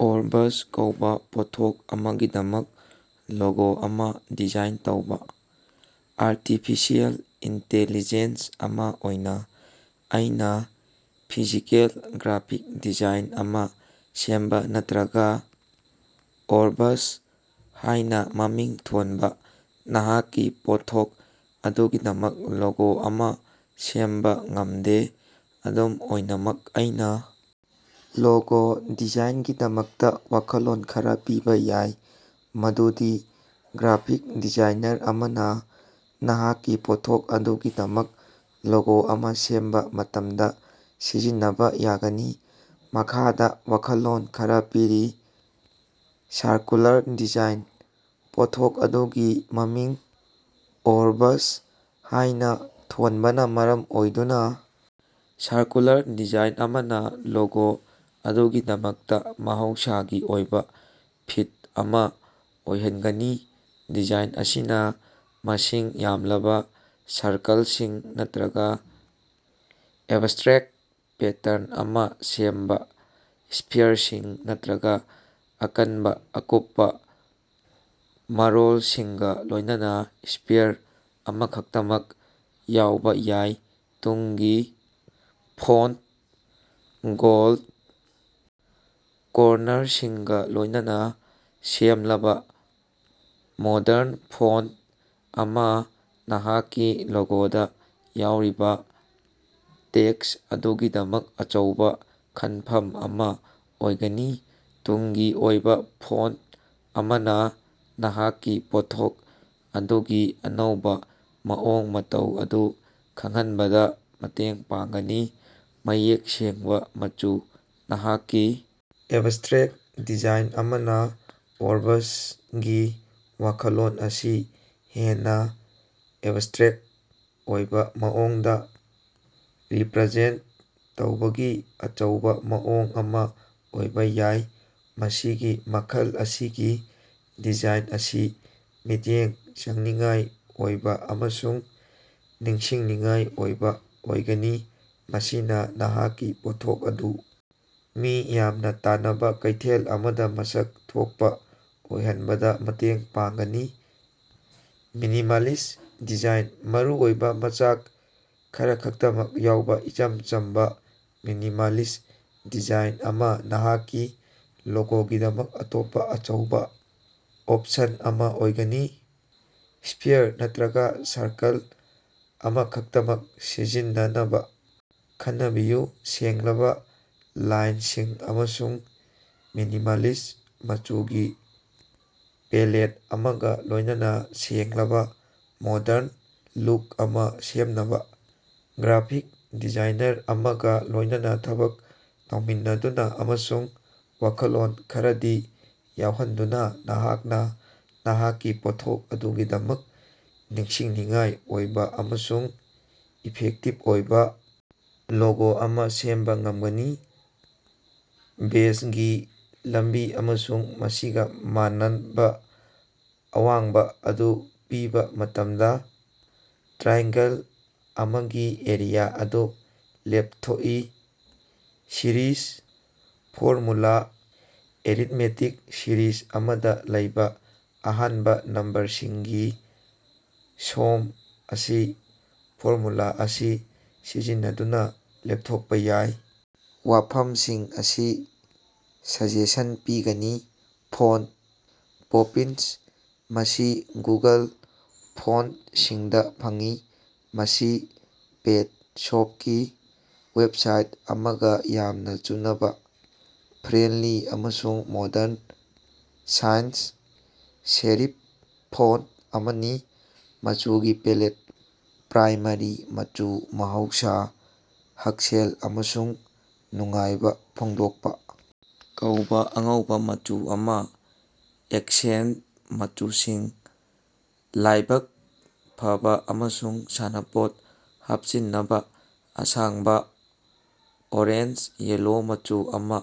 Orbus ꯀꯧꯕ ꯄꯣꯠꯊꯣꯛ ꯑꯃꯒꯤꯗꯃꯛ ꯂꯣꯒꯣ ꯑꯃ ꯗꯤꯖꯥꯏꯟ ꯇꯧꯕ꯫ ꯑꯥꯔꯇꯤꯐꯤꯁꯤꯑꯦꯜ ꯏꯟꯇꯦꯂꯤꯖꯦꯟꯁ ꯑꯃ ꯑꯣꯏꯅ ꯑꯩꯅ ꯐꯤꯖꯤꯀꯦꯜ ꯒ꯭ꯔꯥꯐꯤꯛ ꯗꯤꯖꯥꯏꯟ ꯑꯃ ꯁꯦꯝꯕ ꯅꯠꯇ꯭ꯔꯒ "ꯑꯣꯔꯕꯁ" ꯍꯥꯏꯅ ꯃꯃꯤꯡ ꯊꯣꯟꯕ ꯅꯍꯥꯛꯀꯤ ꯄꯣꯠꯊꯣꯛ ꯑꯗꯨꯒꯤꯗꯃꯛ ꯂꯣꯒꯣ ꯑꯃ ꯁꯦꯝꯕ ꯉꯝꯗꯦ꯫ ꯑꯗꯨꯝ ꯑꯣꯏꯅꯃꯛ, ꯑꯩꯅ ꯂꯣꯒꯣ ꯗꯤꯖꯥꯏꯟꯒꯤꯗꯃꯛꯇ ꯋꯥꯈꯜꯂꯣꯟ ꯈꯔ ꯄꯤꯕ ꯌꯥꯏ ꯃꯗꯨꯗꯤ ꯒ꯭ꯔꯥꯐꯤꯛ ꯗꯤꯖꯥꯏꯅꯔ ꯑꯃꯅ ꯅꯍꯥꯛꯀꯤ ꯄꯣꯠꯊꯣꯛ ꯑꯗꯨꯒꯤꯗꯃꯛ ꯂꯣꯒꯣ ꯑꯃ ꯁꯦꯝꯕ ꯃꯇꯝꯗ ꯁꯤꯖꯤꯟꯅꯕ ꯌꯥꯒꯅꯤ꯫ ꯃꯈꯥꯗ ꯋꯥꯈꯜꯂꯣꯟ ꯈꯔ ꯄꯤꯔꯤ: ꯁꯥꯔꯀꯨꯂꯔ ꯗꯤꯖꯥꯏꯟ: ꯄꯣꯠꯊꯣꯛ ꯑꯗꯨꯒꯤ ꯃꯃꯤꯡ "ꯑꯣꯔꯕꯁ" ꯍꯥꯏꯅ ꯊꯣꯟꯕꯅ ꯃꯔꯝ ꯑꯣꯏꯗꯨꯅ ꯁꯥꯔꯀꯨꯂꯔ ꯗꯤꯖꯥꯏꯟ ꯑꯃꯅ ꯂꯣꯒꯣ ꯑꯗꯨꯒꯤꯗꯃꯛꯇ ꯃꯍꯧꯁꯥꯒꯤ ꯑꯣꯏꯕ ꯐꯤꯠ ꯑꯃ ꯑꯣꯏꯍꯟꯒꯅꯤ꯫ ꯗꯤꯖꯥꯏꯟ ꯑꯁꯤꯅ ꯃꯁꯤꯡ ꯌꯥꯝꯂꯕ ꯁꯔꯀꯜꯁꯤꯡ ꯅꯠꯇ꯭ꯔꯒ ꯑꯦꯕꯁꯇ꯭ꯔꯦꯛꯇ ꯄꯦꯇꯔꯟ ꯑꯃ ꯁꯦꯝꯕ ꯁ꯭ꯐꯤꯔꯁꯤꯡ ꯅꯠꯇ꯭ꯔꯒ ꯑꯀꯟꯕ ꯑꯀꯨꯞꯄ ꯃꯔꯣꯜꯁꯤꯡꯒ ꯂꯣꯏꯅꯅ ꯁ꯭ꯐꯤꯔ ꯑꯃꯈꯛꯇꯃꯛ ꯌꯥꯎꯕ ꯌꯥꯏ꯫ ꯇꯨꯡꯒꯤ ꯐꯣꯟꯇ: ꯒꯣꯜꯗ ꯀꯣꯔꯅꯔꯁꯤꯡꯒ ꯂꯣꯏꯅꯅ ꯁꯦꯝꯂꯕ ꯃꯣꯗꯔꯟ ꯐꯣꯟꯇ ꯑꯃ ꯅꯍꯥꯛꯀꯤ ꯂꯣꯒꯣꯗ ꯌꯥꯎꯔꯤꯕ ꯇꯦꯛꯁ ꯑꯗꯨꯒꯤꯗꯃꯛ ꯑꯆꯧꯕ ꯈꯟꯐꯝ ꯑꯃ ꯑꯣꯏꯒꯅꯤ꯫ ꯇꯨꯡꯒꯤ ꯑꯣꯏꯕ ꯐꯣꯟꯇ ꯑꯃꯅ ꯅꯍꯥꯛꯀꯤ ꯄꯣꯠꯊꯣꯛ ꯑꯗꯨꯒꯤ ꯑꯅꯧꯕ ꯃꯑꯣꯡ ꯃꯇꯧ ꯑꯗꯨ ꯈꯪꯍꯟꯕꯗ ꯃꯇꯦꯡ ꯄꯥꯡꯒꯅꯤ꯫ ꯃꯌꯦꯛ ꯁꯦꯡꯕ ꯃꯆꯨ: ꯅꯍꯥꯛꯀꯤ ꯑꯦꯕꯁꯇ꯭ꯔꯦꯛꯇ ꯗꯤꯖꯥꯏꯟ ꯑꯃꯅ "ꯑꯣꯔꯕꯁ"ꯒꯤ ꯋꯥꯈꯜꯂꯣꯟ ꯑꯁꯤ ꯍꯦꯟꯅ ꯑꯦꯕꯁꯇ꯭ꯔꯦꯛꯇ ꯑꯣꯏꯕ ꯃꯑꯣꯡꯗ ꯔꯤꯄ꯭ꯔꯖꯦꯟꯇ ꯇꯧꯕꯒꯤ ꯑꯆꯧꯕ ꯃꯑꯣꯡ ꯑꯃ ꯑꯣꯏꯕ ꯌꯥꯏ꯫ ꯃꯁꯤꯒꯤ ꯃꯈꯜ ꯑꯁꯤꯒꯤ ꯗꯤꯖꯥꯏꯟ ꯑꯁꯤ ꯃꯤꯠꯌꯦꯡ ꯆꯪꯅꯤꯡꯉꯥꯏ ꯑꯣꯏꯕ ꯑꯃꯁꯨꯡ ꯅꯤꯡꯁꯤꯡꯅꯤꯡꯉꯥꯏ ꯑꯣꯏꯕ ꯑꯣꯏꯒꯅꯤ, ꯃꯁꯤꯅ ꯅꯍꯥꯛꯀꯤ ꯄꯣꯠꯊꯣꯛ ꯑꯗꯨ ꯃꯤ ꯌꯥꯝꯅ ꯇꯥꯟꯅꯕ ꯀꯩꯊꯦꯜ ꯑꯃꯗ ꯃꯁꯛ ꯊꯣꯛꯄ ꯑꯣꯏꯍꯟꯕꯗ ꯃꯇꯦꯡ ꯄꯥꯡꯒꯅꯤ꯫ ꯃꯤꯅꯤꯃꯥꯂꯤꯁ꯭ꯠ ꯗꯤꯖꯥꯏꯟ: ꯃꯔꯨꯑꯣꯏꯕ ꯃꯆꯥꯛ ꯈꯔꯈꯛꯇꯃꯛ ꯌꯥꯎꯕ ꯏꯆꯝ ꯆꯝꯕ, ꯃꯤꯅꯤꯃꯥꯂꯤꯁ꯭ꯠ ꯗꯤꯖꯥꯏꯟ ꯑꯃ ꯅꯍꯥꯛꯀꯤ ꯂꯣꯒꯣꯒꯤꯗꯃꯛ ꯑꯇꯣꯞꯄ ꯑꯆꯧꯕ ꯑꯣꯞꯁꯟ ꯑꯃ ꯑꯣꯏꯒꯅꯤ꯫ ꯁ꯭ꯐꯤꯔ ꯅꯠꯇ꯭ꯔꯒ ꯁꯔꯀꯜ ꯑꯃꯈꯛꯇꯃꯛ ꯁꯤꯖꯤꯟꯅꯅꯕ ꯈꯟꯅꯕꯤꯌꯨ, ꯁꯦꯡꯂꯕ ꯂꯥꯏꯟꯁꯤꯡ ꯑꯃꯁꯨꯡ ꯃꯤꯅꯤꯃꯥꯂꯤꯁ꯭ꯠ ꯃꯆꯨꯒꯤ ꯄꯦꯂꯦꯠ ꯑꯃꯒ ꯂꯣꯏꯅꯅ ꯁꯦꯡꯂꯕ, ꯃꯣꯗꯔꯟ ꯂꯨꯛ ꯑꯃ ꯁꯦꯝꯅꯕ꯫ ꯒ꯭ꯔꯥꯐꯤꯛ ꯗꯤꯖꯥꯏꯅꯔ ꯑꯃꯒ ꯂꯣꯏꯅꯅ ꯊꯕꯛ ꯇꯧꯃꯤꯟꯅꯗꯨꯅ ꯑꯃꯁꯨꯡ ꯋꯥꯈꯜꯂꯣꯟ ꯈꯔꯗꯤ ꯌꯥꯎꯍꯟꯗꯨꯅ ꯅꯍꯥꯛꯅ ꯅꯍꯥꯛꯀꯤ ꯄꯣꯠꯊꯣꯛ ꯑꯗꯨꯒꯤꯗꯃꯛ ꯅꯤꯡꯁꯤꯡꯅꯤꯡꯉꯥꯏ ꯑꯣꯏꯕ ꯑꯃꯁꯨꯡ ꯏꯐꯦꯛꯇꯤꯚ ꯑꯣꯏꯕ ꯂꯣꯒꯣ ꯑꯃ ꯁꯦꯝꯕ ꯉꯝꯒꯅꯤ꯫ ꯕꯦꯖꯒꯤ ꯂꯝꯕꯤ ꯑꯃꯁꯨꯡ ꯃꯁꯤꯒ ꯃꯥꯟꯅꯕ ꯑꯋꯥꯡꯕ ꯑꯗꯨ ꯄꯤꯕ ꯃꯇꯝꯗ ꯇ꯭ꯔꯥꯏꯡꯒꯜ ꯑꯃꯒꯤ ꯑꯦꯔꯤꯌꯥ ꯑꯗꯨ ꯂꯦꯞꯊꯣꯛꯏ꯫ ꯁꯤꯔꯤꯖ ꯐꯣꯔꯃꯨꯂꯥ ꯑꯦꯔꯤꯊꯃꯦꯇꯤꯛ ꯁꯤꯔꯤꯖ ꯑꯃꯗ ꯂꯩꯕ ꯑꯍꯥꯟꯕ ꯅꯝꯕꯔꯁꯤꯡꯒꯤ ꯁꯣꯝ ꯑꯁꯤ ꯐꯣꯔꯃꯨꯂꯥ ꯑꯁꯤ ꯁꯤꯖꯤꯟꯅꯗꯨꯅ ꯂꯦꯞꯊꯣꯛꯄ ꯌꯥꯏ: ꯋꯥꯐꯝꯁꯤꯡ ꯑꯁꯤ ꯁꯖꯦꯁꯟ ꯄꯤꯒꯅꯤ: ꯐꯣꯟꯇ: 'ꯄꯣꯄꯤꯟꯁ' ꯃꯁꯤ ꯒꯨꯒꯜ ꯐꯣꯟꯇꯁꯤꯡꯗ ꯐꯪꯏ꯫ ꯃꯁꯤ ꯄꯦꯠ ꯁꯣꯞꯀꯤ ꯋꯦꯕꯁꯥꯏꯠ ꯑꯃꯒꯥ ꯌꯥꯝꯅꯥ ꯆꯨꯅꯕꯥ ꯐ꯭ꯔꯦꯟꯗꯂꯤ ꯑꯃꯁꯨꯡ ꯃꯣꯗꯔꯟ ꯁꯥꯟꯁ-ꯁꯦꯔꯤꯐ ꯐꯣꯟꯇ ꯑꯃꯅꯤ꯫ ꯃꯆꯨꯒꯤ ꯄꯦꯂꯦꯠ: ꯄ꯭ꯔꯥꯏꯃꯥꯔꯤ ꯃꯆꯨ - ꯃꯍꯧꯁꯥ, ꯍꯛꯁꯦꯜ ꯑꯃꯁꯨꯡ ꯅꯨꯡꯉꯥꯏꯕ ꯐꯣꯡꯗꯣꯛꯄ ꯀꯧꯕ ꯑꯉꯧꯕ ꯃꯆꯨ ꯑꯃ, ꯑꯦꯛꯁꯦꯟꯇ ꯃꯆꯨꯁꯤꯡ: ꯂꯥꯏꯕꯛ ꯐꯕ ꯑꯃꯁꯨꯡ ꯁꯥꯟꯅꯄꯣꯠ ꯍꯥꯞꯆꯤꯟꯅꯕ ꯑꯁꯥꯡꯕ ꯑꯣꯔꯦꯟꯖ-ꯌꯦꯜꯂꯣ ꯃꯆꯨ ꯑꯃ,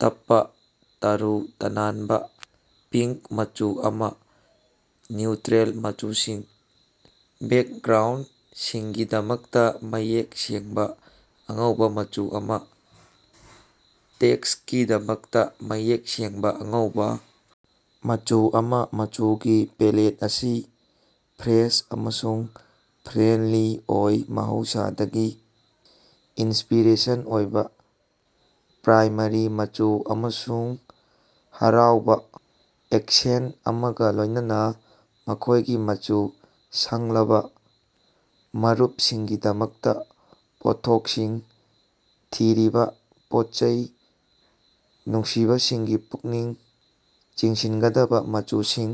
ꯇꯞꯄ ꯇꯔꯨ ꯇꯅꯥꯟꯕ ꯄꯤꯡ ꯃꯆꯨ ꯑꯃ, ꯅ꯭ꯌꯨꯇ꯭ꯔꯦꯜ ꯃꯆꯨꯁꯤꯡ: ꯕꯦꯛꯒ꯭ꯔꯥꯎꯟꯗꯁꯤꯡꯒꯤꯗꯃꯛꯇ ꯃꯌꯦꯛ ꯁꯦꯡꯕ ꯑꯉꯧꯕ ꯃꯆꯨ ꯑꯃ, ꯇꯦꯛꯁꯀꯤꯗꯃꯛꯇ ꯃꯌꯦꯛ ꯁꯦꯡꯕ ꯑꯉꯧꯕ ꯃꯆꯨ ꯑꯃ꯫ ꯃꯆꯨꯒꯤ ꯄꯦꯂꯦꯠ ꯑꯁꯤ ꯐ꯭ꯔꯦꯁ ꯑꯃꯁꯨꯡ ꯐ꯭ꯔꯦꯟꯗꯂꯤ ꯑꯣꯏ, ꯃꯍꯧꯁꯥꯗꯒꯤ ꯏꯟꯁ꯭ꯄꯤꯔꯦꯁꯟ ꯑꯣꯏꯕ ꯄ꯭ꯔꯥꯏꯃꯥꯔꯤ ꯃꯆꯨ ꯑꯃꯁꯨꯡ ꯍꯔꯥꯎꯕ ꯑꯦꯛꯁꯦꯟꯇ ꯑꯃꯒ ꯂꯣꯏꯅꯅ ꯃꯈꯣꯏꯒꯤ ꯃꯆꯨ ꯁꯪꯂꯕ ꯃꯔꯨꯞꯁꯤꯡꯒꯤꯗꯃꯛꯇ ꯄꯣꯠꯊꯣꯛꯁꯤꯡ ꯊꯤꯔꯤꯕ ꯄꯣꯠꯆꯩ ꯅꯨꯡꯁꯤꯕꯁꯤꯡꯒꯤ ꯄꯨꯛꯅꯤꯡ ꯆꯤꯡꯁꯤꯟꯒꯗꯕ ꯃꯆꯨꯁꯤꯡ꯫